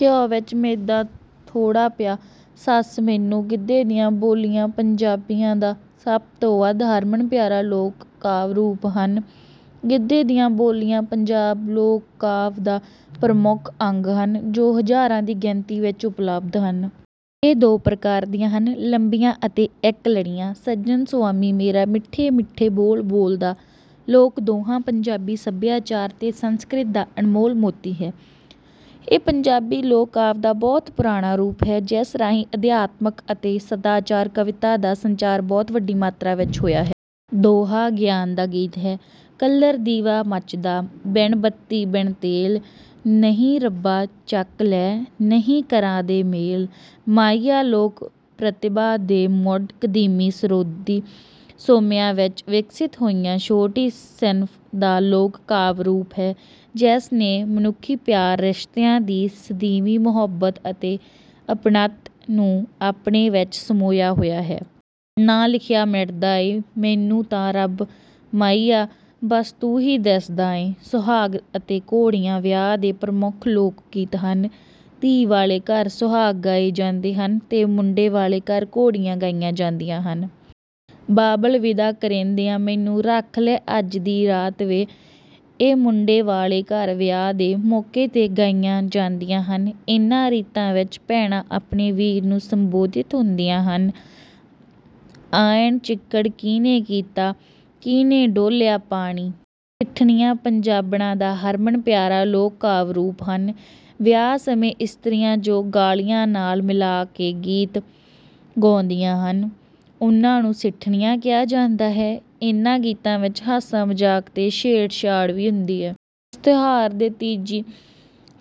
“ਘਿਓ ਵਿੱਚ ਮੈਦਾ ਥੋੜ੍ਹਾ ਪਿਆ, ਸੱਸ ਮੈਨੂੰ ...” ਗਿੱਧੇ ਦੀਆਂ ਬੋਲੀਆਂ ਪੰਜਾਬੀਆਂ ਦਾ ਸਭ ਤੋਂ ਵੱਧ ਹਰਮਨ-ਪਿਆਰਾ ਲੋਕ-ਕਾਵਿ ਰੂਪ ਹਨ। ਗਿੱਧੇ ਦੀਆਂ ਬੋਲੀਆਂ ਪੰਜਾਬੀ ਲੋਕ-ਕਾਵਿ ਦਾ ਪ੍ਰਮੁੱਖ ਅੰਗ ਹਨ, ਜੋ ਹਜ਼ਾਰਾਂ ਦੀ ਗਿਣਤੀ ਵਿੱਚ ਉਪਲੱਬਧ ਹਨ। ਇਹ ਦੋ ਪ੍ਰਕਾਰ ਦੀਆਂ ਹਨ—ਲੰਬੀਆਂ ਅਤੇ ਇੱਕ-ਲੜੀਆਂ। “ਸੱਜਣ ਸੁਆਮੀ ਮੇਰਾ, ਮਿੱਠੇ-ਮਿੱਠੇ ਬੋਲ ਬੋਲਦਾ।” ਲੋਕ-ਦੋਹਾ ਪੰਜਾਬੀ ਸੱਭਿਆਚਾਰ ਤੇ ਸੰਸਕ੍ਰਿਤੀ ਦਾ ਅਨਮੋਲ ਮੋਤੀ ਹੈ। ਇਹ ਪੰਜਾਬੀ ਲੋਕ-ਕਾਵਿ ਦਾ ਬਹੁਤ ਪੁਰਾਣਾ ਰੂਪ ਹੈ, ਜਿਸ ਰਾਹੀਂ ਅਧਿਆਤਮਕ ਅਤੇ ਸਦਾਚਾਰਕ ਕਵਿਤਾ ਦਾ ਸੰਚਾਰ ਬਹੁਤ ਵੱਡੀ ਮਾਤਰਾ ਵਿੱਚ ਹੋਇਆ ਹੈ। ਦੋਹਾ ਗਿਆਨ ਦਾ ਗੀਤ ਹੈ। “ਕੱਲਰ ਦੀਵਾ ਮੱਚਦਾ, ਬਿਨ ਬੱਤੀ ਬਿਨ ਤੇਲ; ਨਹੀਂ ਰੱਬਾ, ਚੱਕ ਲੈ; ਨਹੀਂ ਕਰਾ ਦੇ ਮੇਲ।” ‘ਮਾਹੀਆ’ ਲੋਕ-ਪ੍ਰਤਿਭਾ ਦੇ ਮੁੱਢ-ਕਦੀਮੀ ਸਰੋਦੀ ਸੋਮਿਆਂ ਵਿੱਚੋਂ ਵਿਕਸਿਤ ਹੋਇਆ ਛੋਟੀ ਸਿਨਫ਼ ਦਾ ਲੋਕ-ਕਾਵਿ ਰੂਪ ਹੈ, ਜਿਸ ਨੇ ਮਨੁੱਖੀ ਪਿਆਰ, ਰਿਸ਼ਤਿਆਂ ਦੀ ਸਦੀਵੀਂ ਮੁਹੱਬਤ ਅਤੇ ਅਪਣੱਤ ਨੂੰ ਆਪਣੇ ਵਿੱਚ ਸਮੋਇਆ ਹੋਇਆ ਹੈ। “ਨਾ ਲਿਖਿਆ ਮਿਟਦਾ ਏ, ਮੈਨੂੰ ਤਾਂ ਰੱਬ ਮਾਹੀਆ, ਬੱਸ ਤੂੰ ਹੀ ਦਿਸਦਾ ਏ।” ‘ਸੁਹਾਗ’ ਅਤੇ ‘ਘੋੜੀਆਂ’ ਵਿਆਹ ਦੇ ਪ੍ਰਮੁੱਖ ਲੋਕ-ਗੀਤ ਹਨ। ਧੀ ਵਾਲੇ ਘਰ ਸੁਹਾਗ ਗਾਏ ਜਾਂਦੇ ਹਨ ਅਤੇ ਮੁੰਡੇ ਵਾਲੇ ਘਰ ਘੋੜੀਆਂ ਗਾਈਆਂ ਜਾਂਦੀਆਂ ਹਨ। “ਬਾਬਲ, ਵਿਦਾ ਕਰੇਂਦਿਆ, ਮੈਨੂੰ ਰੱਖ ਲੈ ਅੱਜ ਦੀ ਰਾਤ ਵੇ।” ਇਹ ਮੁੰਡੇ ਵਾਲੇ ਘਰ ਵਿਆਹ ਦੇ ਮੌਕੇ ’ਤੇ ਗਾਈਆਂ ਜਾਂਦੀਆਂ ਹਨ। ਇਨ੍ਹਾਂ ਰੀਤਾਂ ਵਿੱਚ ਭੈਣਾਂ ਆਪਣੇ ਵੀਰਾਂ ਨੂੰ ਸੰਬੋਧਿਤ ਹੁੰਦੀਆਂ ਹਨ। “ਆਇਣ ਚਿੱਕੜ ਕੀਹਨੇ ਕੀਤਾ, ਕੀਹਨੇ ਡੋਲ੍ਹਿਆ ਪਾਣੀ?” ਸਿੱਠਣੀਆਂ ਪੰਜਾਬਣਾਂ ਦਾ ਹਰਮਨ-ਪਿਆਰਾ ਲੋਕ-ਕਾਵਿ ਰੂਪ ਹਨ। ਵਿਆਹ ਸਮੇਂ ਇਸਤਰੀਆਂ ਜੋ ਗਾਲੀਆਂ ਨਾਲ ਮਿਲਾ ਕੇ ਗੀਤ ਗਾਉਂਦੀਆਂ ਹਨ, ਉਨ੍ਹਾਂ ਨੂੰ ਸਿੱਠਣੀਆਂ ਕਿਹਾ ਜਾਂਦਾ ਹੈ। ਇਨ੍ਹਾਂ ਗੀਤਾਂ ਵਿੱਚ ਹਾਸਾ-ਮਜ਼ਾਕ ਅਤੇ ਛੇੜਛਾੜ ਵੀ ਹੁੰਦੀ ਹੈ। ਇਸ ਤਿਉਹਾਰ ਦੇ ਤੀਜੀ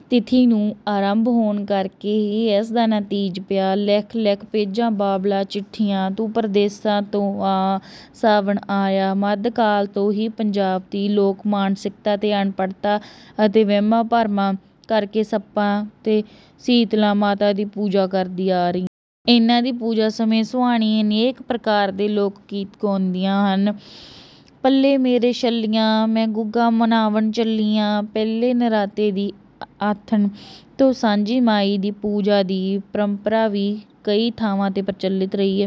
ਤਿਥੀ ਨੂੰ ਆਰੰਭ ਹੋਣ ਕਰਕੇ ਹੀ ਇਸ ਦਾ ਨਾਂ ਤੀਜ ਪਿਆ। ਲਿਖ-ਲਿਖ ਭੇਜਾਂ ਬਾਬਲ ਚਿੱਠੀਆਂ, ਤੂੰ ਪਰਦੇਸਾਂ ਤੋਂ ਆ ਸਾਵਣ ਆਇਆ। ਮੱਧਕਾਲ ਤੋਂ ਹੀ ਪੰਜਾਬ ਦੀ ਲੋਕ-ਮਾਨਸਿਕਤਾ ਅਨਪੜ੍ਹਤਾ ਅਤੇ ਵਹਿਮਾਂ-ਭਰਮਾਂ ਕਰਕੇ ਸੱਪਾਂ ਅਤੇ ਸੀਤਲਾ ਮਾਤਾ ਦੀ ਪੂਜਾ ਕਰਦੀ ਆ ਰਹੀ। ਇਨ੍ਹਾਂ ਦੀ ਪੂਜਾ ਸਮੇਂ ਸੁਆਣੀਆਂ ਅਨੇਕ ਪ੍ਰਕਾਰ ਦੇ ਲੋਕ-ਗੀਤ ਗਾਉਂਦੀਆਂ ਹਨ। “ਪੱਲੇ ਮੇਰੇ ਛੱਲੀਆਂ, ਮੈਂ ਗੁੱਗਾ ਮਨਾਵਣ ਚੱਲੀ ਆਂ।” ਪਹਿਲੇ ਨਰਾਤੇ ਦੀ ਆਥਣ ਤੋਂ ‘ਸਾਂਝੀ ਮਾਈ’ ਦੀ ਪੂਜਾ ਦੀ ਪਰੰਪਰਾ ਵੀ ਕਈ ਥਾਵਾਂ ’ਤੇ ਪ੍ਰਚਲਿਤ ਰਹੀ ਹੈ।